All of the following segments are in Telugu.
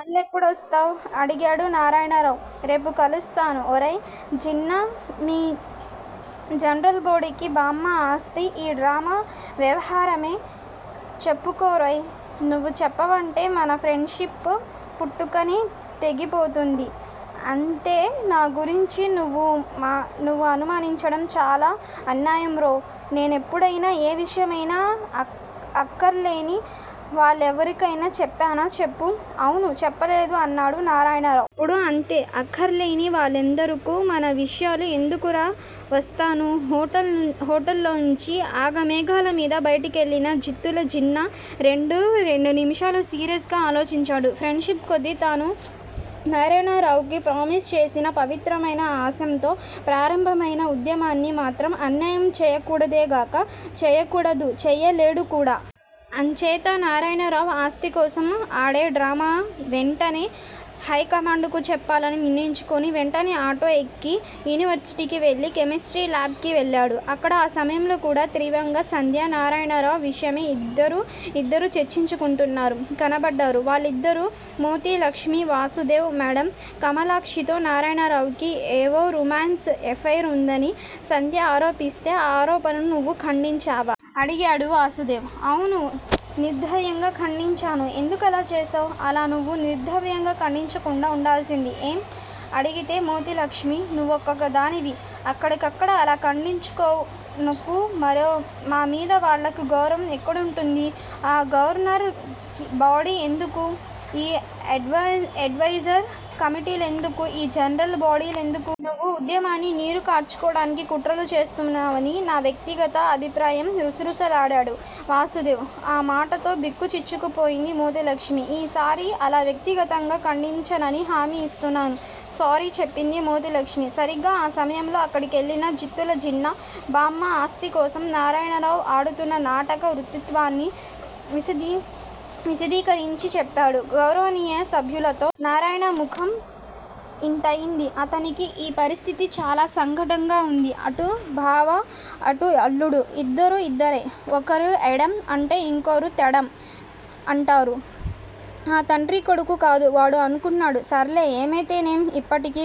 మళ్ళెప్పుడొస్తావ్? అడిగాడు నారాయణరావు. రేపు కలుస్తాను ఒరేయ్ జిన్నా మీ జనరల్ బాడీకి బామ్మ ఆస్థి, ఈ డ్రామా వ్యవహారమేమీ చెప్పుకురోరేయ్. నువ్వు చెప్పావంటే మన ఫ్రెండ్ షిప్ పుటుక్కున తెగిపోద్ది అంతే నా గురించి నువ్వనుమానించడం చాలా అన్యాయంరోరేయ్ నేనెప్పుడయినా, ఏ విషయమైనా అక్కర్లేని వాళ్ళెవరికైనా చెప్పానా చెప్పు అవును చెప్పలేదు అన్నాడు నారాయణరావు. ఇప్పుడూ అంతే. అక్కర్లేని వాళ్ళందరకూ మన విషయాలు ఎందుకురా వస్తాను హోటల్ లోంచి ఆఘమేఘాలమీద బయటికెళ్ళిన జుత్తులజిన్నా రెండే రెండునిముషాలు సీరియస్ గా ఆలోచించాడు. ఫ్రెండ్షిప్ కొద్దీ తను నారాయణరావుకు ప్రామిస్ చేసినా పవిత్రమయిన ఆశయంతో ప్రారంభమైన ఉద్యమాన్ని మాత్రం అన్యాయం చేయకూడదుగాక చేయకూడదు-చేయలేడు కూడా. అంచేత నారాయణరావు ఆస్థికోసం ఆడే డ్రామాను వెంటనే హైకమాండుకు చెప్పాలని నిర్ణయించుకుని వెంటనే ఆటో ఎక్కి యూనివర్సిటీకి వెళ్ళి, కెమిస్ట్రీ లాబ్ కి వెళ్ళాడు. అక్కడ ఆ సమయంలోకూడా తీవ్రంగా సంధ్య నారాయణరావ్ విషయమై ఇద్దరే ఇద్దరు చర్చించుకుంటూ కనబడ్డారు. వాళ్ళిద్దరూ మోతీలక్ష్మి, వాసుదేవ్. మేడమ్ కమలాక్షితో, నారాయణరావుకి ఏవో రొమాన్స్ ఎఫైర్ ఉందని సంధ్య ఆరోపిస్తే ఆ ఆరోపణను నువ్వు ఖండించావా? అడిగాడు వాసుదేవ్. అవును! నిర్ద్వంద్వంగా ఖండించాను ఎందుకలా చేశావ్? అలా నువ్వు నిర్ద్వంద్వంగా ఖండించకుండా వుండాల్సింది ఏం? అడిగింది మోతీలక్ష్మీ. నువ్వొక్కదానివే అక్కడికక్కడ అలా ఖండించావనుకో మరి మామీద వాళ్ళకు గౌరవం ఎక్కడుంటుంది? ఈ గవర్నింగ్ బాడీ ఎందుకు? ఈ అడ్వయిజరీ కమిటీలెందుకు? ఈ జనరల్ బాడీలెందుకు? నువ్వు ఉద్యమాన్ని నీరు కార్చటానికి కుట్రలు చేస్తున్నావని నా వ్యక్తి గత అభిప్రాయం రుసరుసలాడాడు వాసుదేవ్. ఆ మాటతో బిక్కచచ్చిపోయింది మోతీలక్ష్మీ. ఈసారి అలా వ్యక్తిగతంగా ఖండించనని హామీ ఇస్తున్నాను సారీ చెప్పింది మోతీలక్ష్మీ. సరిగ్గా ఆ సమయంతో అక్కడికెళ్ళిన జుత్తులజిన్నా బామ్మ ఆస్థికోసం నారాయణరావు ఆడుతున్న నాటక వృత్తాంతాన్ని విశదీకరించిచెప్పాడు గౌరవనీయ సభ్యులతో. నారాయణ ముఖం యింతైంది! అతనికి యీ పరిస్థితి చాల సంకటంగా వుంది. 'అటు బావ! యిటు అల్లుడు! ఇద్దరూ ఇద్దరే! ఒకరు ఎడ్డెం అంటే ఇంకొకరు తెడ్డెం అంటారు. ఆ తండ్రి కొడుకు కాదూ వాడు! అనుకున్నాడు. 'సర్లే ఏమైతేనేం యిప్పటికి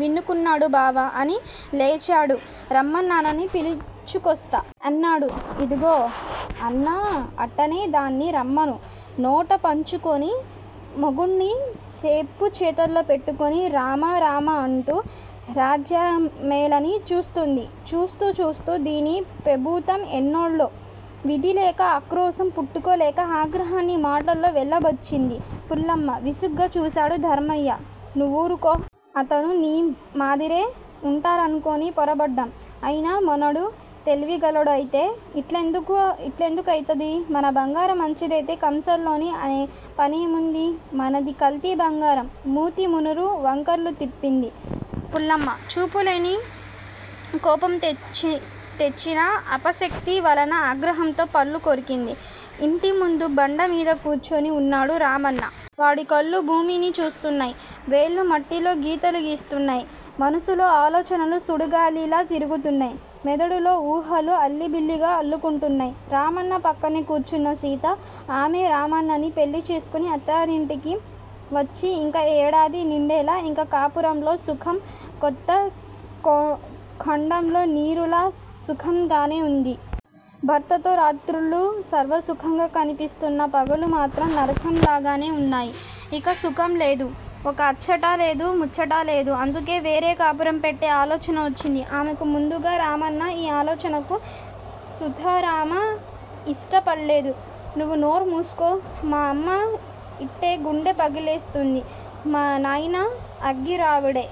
వినుకున్నాడు బావ! అని లేచాడు 'రామన్నని పిలుచుకోస్తా! ' అన్నాడు. ఇదిగో అన్నా అట్టనే దాన్ని రమ్మను. నాటో పంచుకుని, మొగున్ని సెప్పు చేతుల్లో పెట్టుకొని రామ రామాంటూ రాజ్జేమేలాలని చూస్తాంది. చూస్తా! చూస్తా! దీని పెబుతం ఎన్నాల్లో! విధిలేక ఆక్రోశం పట్టలేక ఆగ్రహాన్ని మాటల్లో వెలిబుచ్చింది పుల్లమ్మ. విసుగ్గా చూశాడు ధర్మయ్య 'నూవురుకో! అంత నీ మాదిరే' వుంటారనుకుని పోరాబడ్డం! అయినా మనోడు తెలివిగలోడయితే యిట్లేందుకుకయితాది! మన బంగారం మంచిదయితే కంసలోన్ని అనే పనేముంది! మనదే కల్తీ బంగారం! మూతి మున్నురు వంకర్లు తిప్పింది పుల్లమ్మ! చూపలేని కోపం తెచ్చిన అశక్తత వలన ఆగ్రహంతో పళ్ళు కొరికింది. ఇంటిముందు బండ మీద కూర్చుని వున్నాడు రామన్న! వాడి కళ్ళు భూమిని చూస్తున్నాయి. వేళ్ళు మట్టిలో గీతలు గీస్తున్నాయి. మనసులో ఆలోచనలు సుడిగాలిలా తిరుగుతున్నాయి. మెదడులో ఉహాలు అల్లిబిల్లిగా అల్లుకుంటున్నాయి. రామన్న పక్కనే కూర్చున్న సీత! ఆమె రామన్నని పెళ్ళి చేసుకుని అత్తగారింటికి వచ్చి ఇంకా ఏడాది నిండలా! ఇంకా కాపురంలోని సుఖం కొత్త కొండలో నీరులా సుఖంగానే వుంది. భర్తతో రాత్రిళ్ళు స్వర్గసుఖంగా కనిపిస్తోన్న పగళ్ళు మాత్రం నరకం లాగానే వున్నాయి. ఒక సుఖం లేదు. ఒక అచ్చటా లేదు. ముచ్చటా లేదు. అందుకే వేరు కాపురం పెట్టె ఆలోచన వచ్చింది ఆమెకు. ముందుగా రామన్న యీ ఆలోచనకి సుతరామూ యిష్ట పళ్ళేదు. 'నువు నోర్మూసుకో! మా యమ్మ యింటే గుండె పగిలిసస్తాది? మా నాయన అగ్గిరావుడై